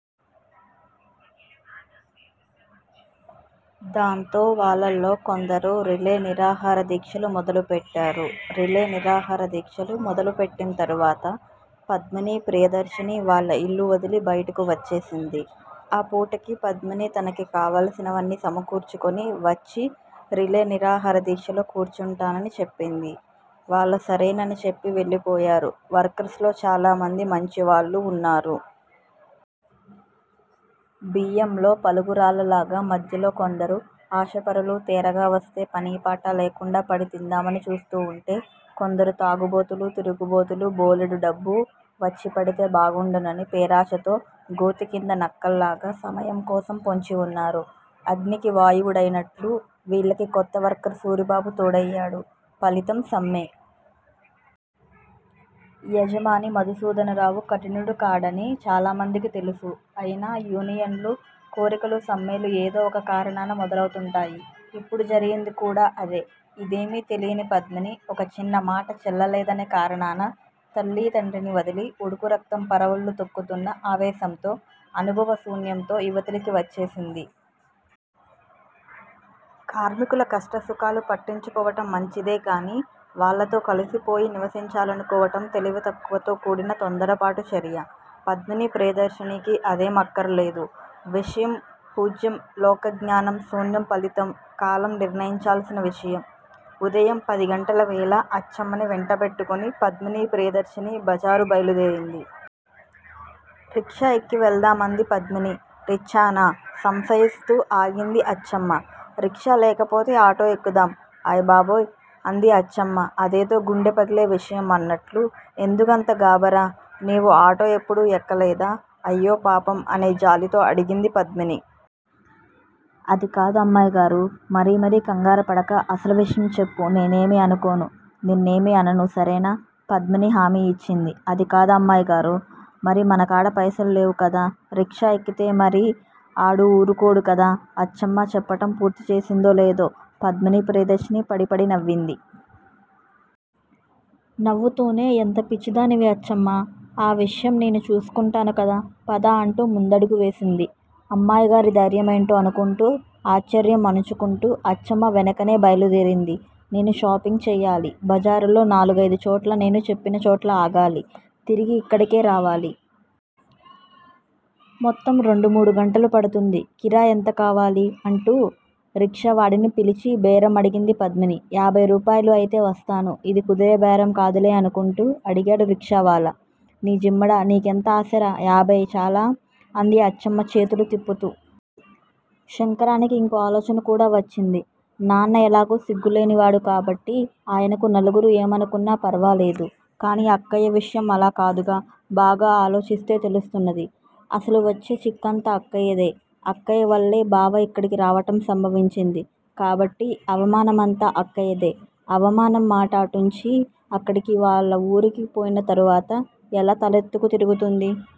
దాంతో వాళ్ళల్లో కొందరు రిలే నిరాహారదీక్షలు మొదలుపెట్టారు. రిలే నిరాహారదీక్షలు మొదలు పెట్టింతరువాత పద్మిని ప్రియదర్శిని వాళ్ళ ఇల్లువదిలి బయటికి వచ్చేసింది. ఆ పూటకి పద్మిని తనకి కావాల్సినవి సమకూర్చుకుని వచ్చి రిలే నిరాహారదీక్షలో కూర్చుంటానని చెప్పింది. వాళ్ళు సరేనని చెప్పి వెళ్ళిపోయారు. వర్కర్స్ లో చాలామంది మంచివాళ్ళు వున్నారు. బియ్యంలో పలుగు రాళ్ళలాగా మధ్యలో కొందరు ఆశ పరులు, తేరగ వస్తే పనిపాట లేకుండా పడి తిందామని చూస్తూవుంటే, కొందరు తాగుబోతులు, తిరుగుబోతులు బోలెడు డబ్బు వచ్చిపడితే బాగుండునని పేరాశతో గోతి కింద నక్కల్లాగ సమయం కోసం పొంచివున్నారు. అగ్నికి వాయువు డయినట్లు వీళ్ళకి కొత్తవర్కర్ సూరిబాబు తోడయ్యాడు, ఫలితం సమ్మె! యజమాని మధుసూదనరావు కఠినుడు కాడని చాలామందికి తెలుసు. అయినా యూనియన్ లు కోరికలు సమ్మెలు ఏదో వొక కారణాన మొదలవుతుంటాయి. ఇప్పుడు జరిగింది కూడా అదే. ఇదేమి తెలియని పద్మిని ఒక చిన్న మాట చెల్లలేదనే కారణాన తల్లితండ్రిని వదిలి ఉడుకురక్తం పరవళ్ళు తొక్కుతున్న ఆవేశంతో అనుభవశూన్యంతో ఇవతలికి వచ్చేసింది. కార్మికుల కష్టసుఖాలు పట్టించుకోవటం మంచిదే గాని వాళ్ళతో కలిసిపోయి నివసించాలనుకోవటం తెలివితక్కువతో కూడిన తొందరపాటు చర్య. పద్మిని ప్రియదర్శినికి అదేం అక్కరలేదు. విషయం పూజ్యం లోకజ్ఞానం శూన్యం ఫలితం కాలం నిర్ణయించాల్సిన విషయం. ఉదయం పదిగంటల వేళ__ అచ్చమ్మని వెంటపెట్టుకుని పద్మిని ప్రియదర్శిని బజారు బయలుదేరింది. రిక్షా ఎక్కి వెళదాం అంది పద్మిని. రిచ్చానా? సంశయిస్తూ ఆగింది అచ్చమ్మ. రిక్షా లేకపోతే ఆటో ఎక్కుదాం అయ్ బాబోయ్ అంది అచ్చమ్మ అదేదో గుండె పగిలే విషయం అన్నట్లు. ఎందుకంత గాభరా! నీవు ఆటో యెప్పుడూ ఎక్కలేదా? అయ్యోపాపం అనే జాలితో అడిగింది పద్మిని. అది కాదు అమ్మాయిగారూ! మరి మరి కంగారుపడక అసలు విషయం చెప్పు నేనేమీ అనుకోను. నిన్నేమీ అనను సరేనా? పద్మిని హామీ యిచ్చింది. అదికాదు అమ్మాయిగారూ! మరే మనకాడ పైసలు లేవు కదా! రిక్షా ఎక్కితే మరి ఆడు ఊరుకోడు కదా? అచ్చమ్మ చెప్పటం పూర్తిచేసిందో లేదో పద్మిని ప్రియదర్శిని పడి పడి నవ్వింది. నవ్వుతూనే ఎంత పిచ్చిదానివి అచ్చమ్మా! ఆ విషయం నేను చూసుకుంటాను కదా! పద అంటూ ముందడుగు వేసింది. అమ్మాయిగారి ధైర్యం ఏంటో అనుకుంటూ ఆశ్చర్యం అణచుకుంటూ అచ్చమ్మ వెనుకనే బయలుదేరింది. నేను షాపింగ్ చేయాలి! జబారులో నాలుగయిదు చోట్ల నేను చెప్పినచోట్ల ఆగాలి. తిరిగి యిక్కడికే రావాలి. మొత్తం రెండుమూడు గంటలు పడుతుంది. కిరాయి ఎంత కావాలి? అంటూ రిక్షా వాడిని పిలిచి బేరం అడిగింది పద్మిని. యాభై రూపాయలు అయితే వస్తాను ఇది కుదిరే బేరం కాదులే అనుకుంటూ అడిగాడు రిక్షావాలా. నీ జిమ్మడ నీకెంత ఆశరా, యాభై చాలా! అంది అచ్చమ్మ చేతులు తిప్పుతూ. శంకరానికి యింకో ఆలోచనకూడా వచ్చింది. నాన్న ఎలాగూ సిగ్గులేని వాడు కాబట్టి ఆయనకు నలుగురూ ఏమనుకున్న ఫర్వాలేదు. కాని అక్కయ్య విషయం అలాకాదుగా బాగా ఆలోచిస్తే తెలుస్తున్నది. అసలు వచ్చే చిక్కంతా అక్కయ్యదే. అక్కయ్యవల్లే బావ ఇక్కడికి రావటం సంభవించింది కాబట్టి అవమానమంతా అక్కయ్యదే. అవమానం మాట అటుంచి అక్కడికి వాళ్ళవూరికి పోయిన తర్వాత ఎలా తలెత్తుకు తిరుగుతుంది?